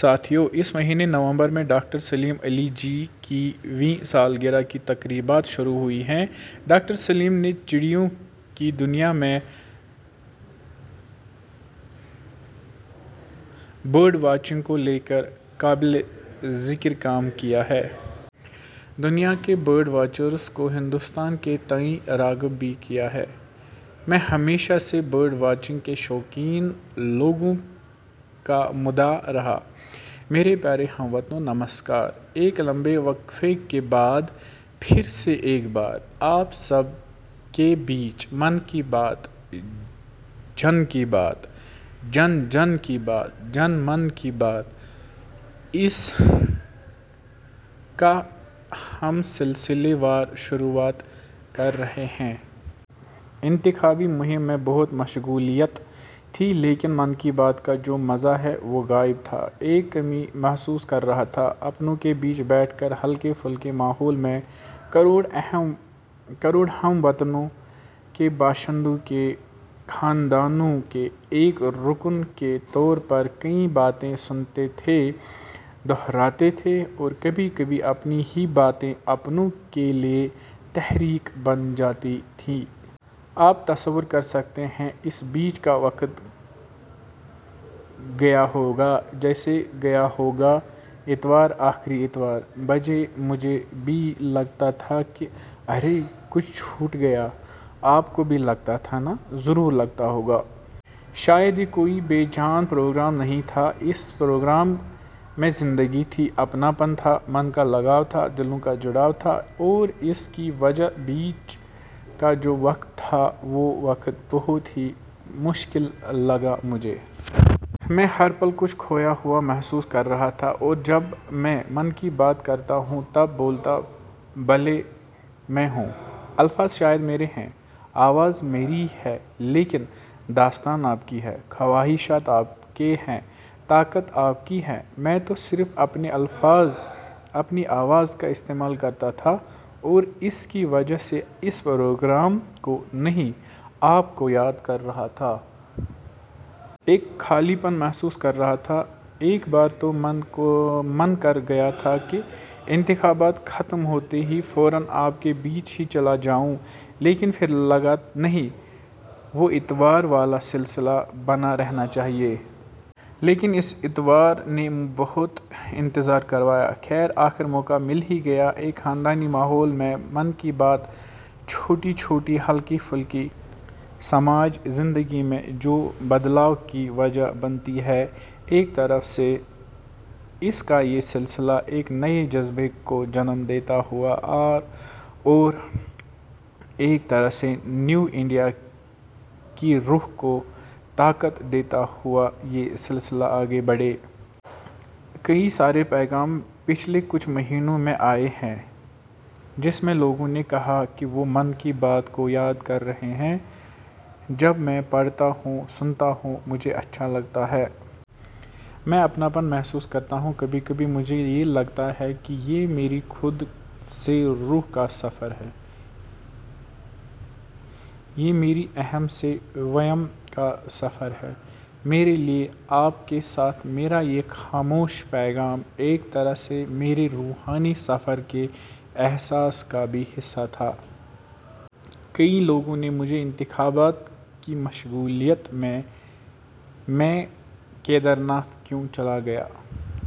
ساتھیو، اس مہینے نومبر سے ڈاکٹر سلیم علی جی کی ویں سالگرہ کی تقریبات شروع ہوئی ہیں۔ ڈاکٹر سلیم نے چڑیوں کی دنیا میں برڈ واچنگ کو لیکر قابل ذکر کام کیا ہے۔ دنیا کے برڈ واچرس کو ہندوستان کے تئیں راغب بھی کیا ہے۔ میں ہمیشہ سے برڈ واچنگ کے شوقین لوگوں کا مداح رہا. میرے پیارے ہم وطنو، نمسکار! ایک لمبے وقفے کے بعد، پھر سے ایک بار، آپ سب کے بیچ، 'من کی بات'، جن کی بات، جن-جن کی بات، جن-من کی بات اس کا ہم سلسلے وار شروعات کر رہے ہیں۔ انتخابی مہم میں بہت مشغولیت تھی لیکن 'من کی بات' کا جو مزہ ہے، وہ غائب تھا۔ ایک کمی محسوس کر رہا تھا۔ اپنوں کے بیچ بیٹھ کے، ہلکے پھلکے ماحول میں، کروڑ ہم وطنو کے باشندوں کےخاندانوں کے ایک رکن کے طور پر، کئی باتیں سنتے تھے، دہراتے تھے اور کبھی کبھی اپنی ہی باتیں، اپنوں کے لیے تحریک بن جاتی تھی۔ آپ تصور کرسکتے ہیں اس بیچ کاوقت گیا ہوگا، کیسے گیا ہوگا۔ اتوار، آخری اتوار- بجے، مجھے بھی لگتا تھا کہ ارے، کچھ چھوٹ گیا – آپ کو بھی لگتا تھا نا! ضرور لگتا ہوگا۔ شاید، یہ کوئی بے جان پروگرام نہیں تھا۔ اس پروگرام میں زندگی تھی ،، اپنا پن تھا، من کا لگاؤ تھا، دلوں کو جڑاؤ تھا، اور اس کی وجہ، بیچ کا جو وقت تھا، وہ وقت بہت ہی مشکل لگا مجھے۔ میں ہر پل کچھ کھویا ہوا محسوس کر رہا تھا اور جب میں 'من کی بات' کرتا ہوں تب، بولتا بھلے میں ہوں، الفاظ شاید میرے ہیں، آواز میری ہے، لیکن، داستان آپ کی ہے، خواہشات آپ کے ہیں، طاقت آپ کی ہے، میں تو صرف، اپنے الفاظ، اپنی آواز کا استعمال کرتا تھا اور اس کی وجہ سے اس پروگرام کو نہیں، آپ کویاد کر رہا تھا۔ ایک خالی پن محسوس کر رہا تھا۔ ایک بار تو من کر گیا تھا کہ انتخاب ختم ہوتے ہی فوراً آپ کے بیچ ہی چلا جاؤں۔ لیکن پھر لگا نہیں، وہ اتواروالا سلسلہ بنا رہنا چاہیے۔ لیکن اس اتوار نے بہت انتظار کروایا۔ خیر ، آخر موقع مل ہی گیا ہے۔ ایک خاندانی ماحول میں 'من کی بات'، چھوٹی- چھوٹی، ہلکی-پھلکی، سماج، زندگی میں، جو بدلاؤ کی وجہ بنتی ہے ایک طرح سے اس کا یہ سلسلہ، ایک نئے جذبے کو جنم دیتا ہوا اور ایک طرح سے نیو انڈیا کی روح کو طاقت دیتا ہوا یہ سلسلہ آگے بڑھے۔ کئی سارے پیغام پچھلے کچھ مہینوں میں آئے ہیں جس میں لوگوں نے کہا کہ وہ 'من کی بات' کو یاد کر رہے ہیں۔ جب میں پڑھتا ہوں، سنتا ہوں، مجھے اچھا لگتا ہے۔ میں اپناپن محسوس کرتا ہوں، کبھی کبھی مجھے یہ لگتا ہے کہ یہ میری خود سے روح کا سفر ہے۔ یہ میری اہم سے ویم کا سفر ہے۔ میرے لیے آپ کے ساتھ میرا یہ خاموش پیغام ایک طرح سے میرے روحانی سفر کے احساس کا بھی حصہ تھا۔ کئی لوگوں نے مجھے انتخابات کی مشغولیت میں، میں کیدارناتھ کیوں چلا گیا؟